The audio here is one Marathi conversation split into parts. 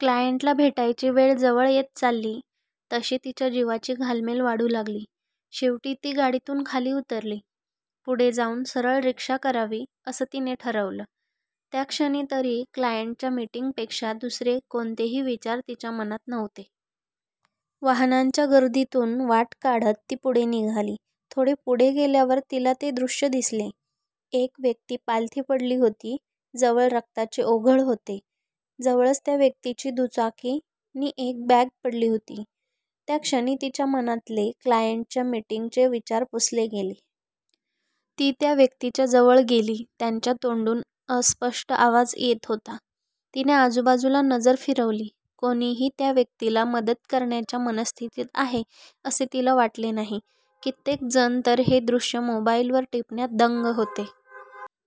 क्लायंटला भेटायची वेळ जवळ येत चालली तशी तिच्या जीवाची घालमेल वाढू लागली. शेवटी ती गाडीतून खाली उतरली. पुढे जाऊन सरळ रिक्षा करावी असं तिने ठरवलं. त्याक्षणी तरी क्लायंटच्या मिटिंगपेक्षा दुसरे कोणतेही विचार तिच्या मनात नव्हते. वाहनांच्या गर्दीतून वाट काढत ती पुढे निघाली. थोडे पुढे गेल्यावर तिला ते दृश्य दिसले. एक व्यक्ती पालथी पडली होती. जवळ रक्ताचे ओघळ होते. जवळच त्या व्यक्तीची दुचाकी नि एक बॅग पडली होती. त्या क्षणी तिच्या मनातले क्लायंटच्या मिटिंगचे विचार पुसले गेले. ती त्या व्यक्तीच्या जवळ गेली. त्यांच्या तोंडून अस्पष्ट आवाज येत होता. तिने आजूबाजूला नजर फिरवली. कोणीही त्या व्यक्तीला मदत करण्याच्या मनस्थितीत आहे असे तिला वाटले नाही. कित्येक जण तर हे दृश्य मोबाईलवर टिपण्यात दंग होते.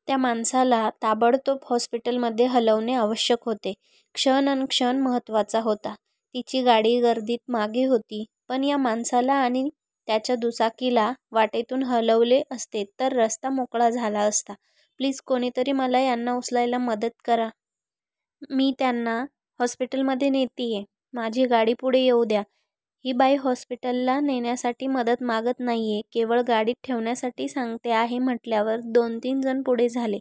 त्या माणसाला ताबडतोब हॉस्पिटलमध्ये हलवणे आवश्यक होते. क्षण न क्षण महत्वाचा होता. तिची गाडी गर्दीत मागे होती. पण या माणसाला आणि त्याच्या दुचाकीला वाटेतून हलवले असते तर रस्ता मोकळा झाला असता. "प्लीज, कोणीतरी मला यांना उचलायला मदत करा. मी त्यांना हॉस्पीटलमध्ये नेतीये. माझी गाडी पुढे येऊ द्या. " ही बाई हॉस्पिटलला नेण्यासाठी मदत मागत नाहीये, केवळ गाडीत ठेवण्यासाठी सांगते आहे म्हटल्यावर दोन तीन जण पुढे झाले.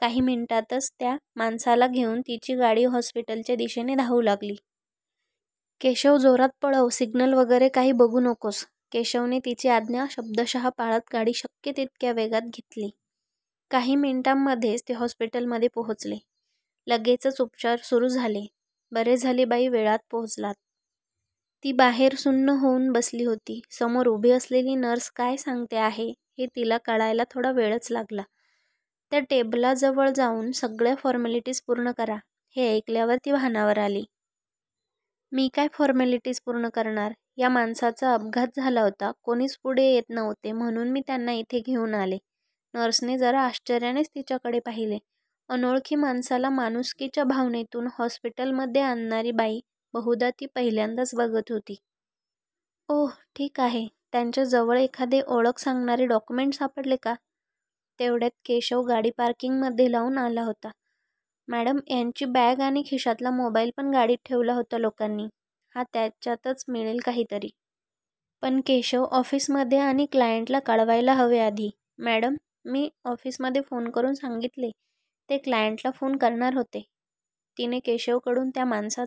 काही मिनिटांतच त्या माणसाला घेऊन तिची गाडी हॉस्पिटलच्या दिशेने धावू लागली. "केशव, जोरात पळव. सिग्नल वगैरे काही बघू नकोस. " केशवने तिची आज्ञा शब्दशः पाळत गाडी शक्य तितक्या वेगात घेतली. काही मिनिटांमधेच ते हॉस्पिटलमध्ये पोचले. लगेचच उपचार सुरु झाले. "बरे झाले बाई, वेळात पोचलात. " ती बाहेर सुन्न होऊन बसली होती. समोर उभी असलेली नर्स काय सांगते आहे हे तिला कळायला थोडा वेळच लागला. "त्या टेबलाजवळ जाऊन सगळ्या फ़ोर्मालिटीज पूर्ण करा. " हे ऐकल्यावर ती भानावर आली. "मी काय फ़ोर्मालिटीज पूर्ण करणार? या माणसाचा अपघात झाला होता. कोणीच पुढे येत नव्हते म्हणून मी त्यांना इथे घेऊन आले. " नर्सने जरा आश्चर्यानेच तिच्याकडे पाहिले. अनोळखी माणसाला माणुसकीच्या भावनेतून हॉस्पिटलमध्ये आणणारी बाई बहुदा ती पहिल्यांदाच बघत होती. "ओह, ठीक आहे. त्यांच्या जवळ एखादे ओळख सांगणारे डॅाक्युमेंट सापडले का? "तेवढ्यात केशव गाडी पार्किंग मध्ये लाऊन आला होता. "मॅडम, यांची बॅग आणि खिशातला मोबाईल पण गाडीत ठेवला होता लोकांनी. ""हा. त्याच्यात मिळेल काहीतरी. पण केशव ऑफिसमध्ये आणि क्लायंटला कळवायला हवे आधी. ""मॅडम मी ऑफिसमध्ये फोन करून सांगितले. ते क्लायंटला फोन करणार होते. " तिने केशवकडून त्या माणसाचा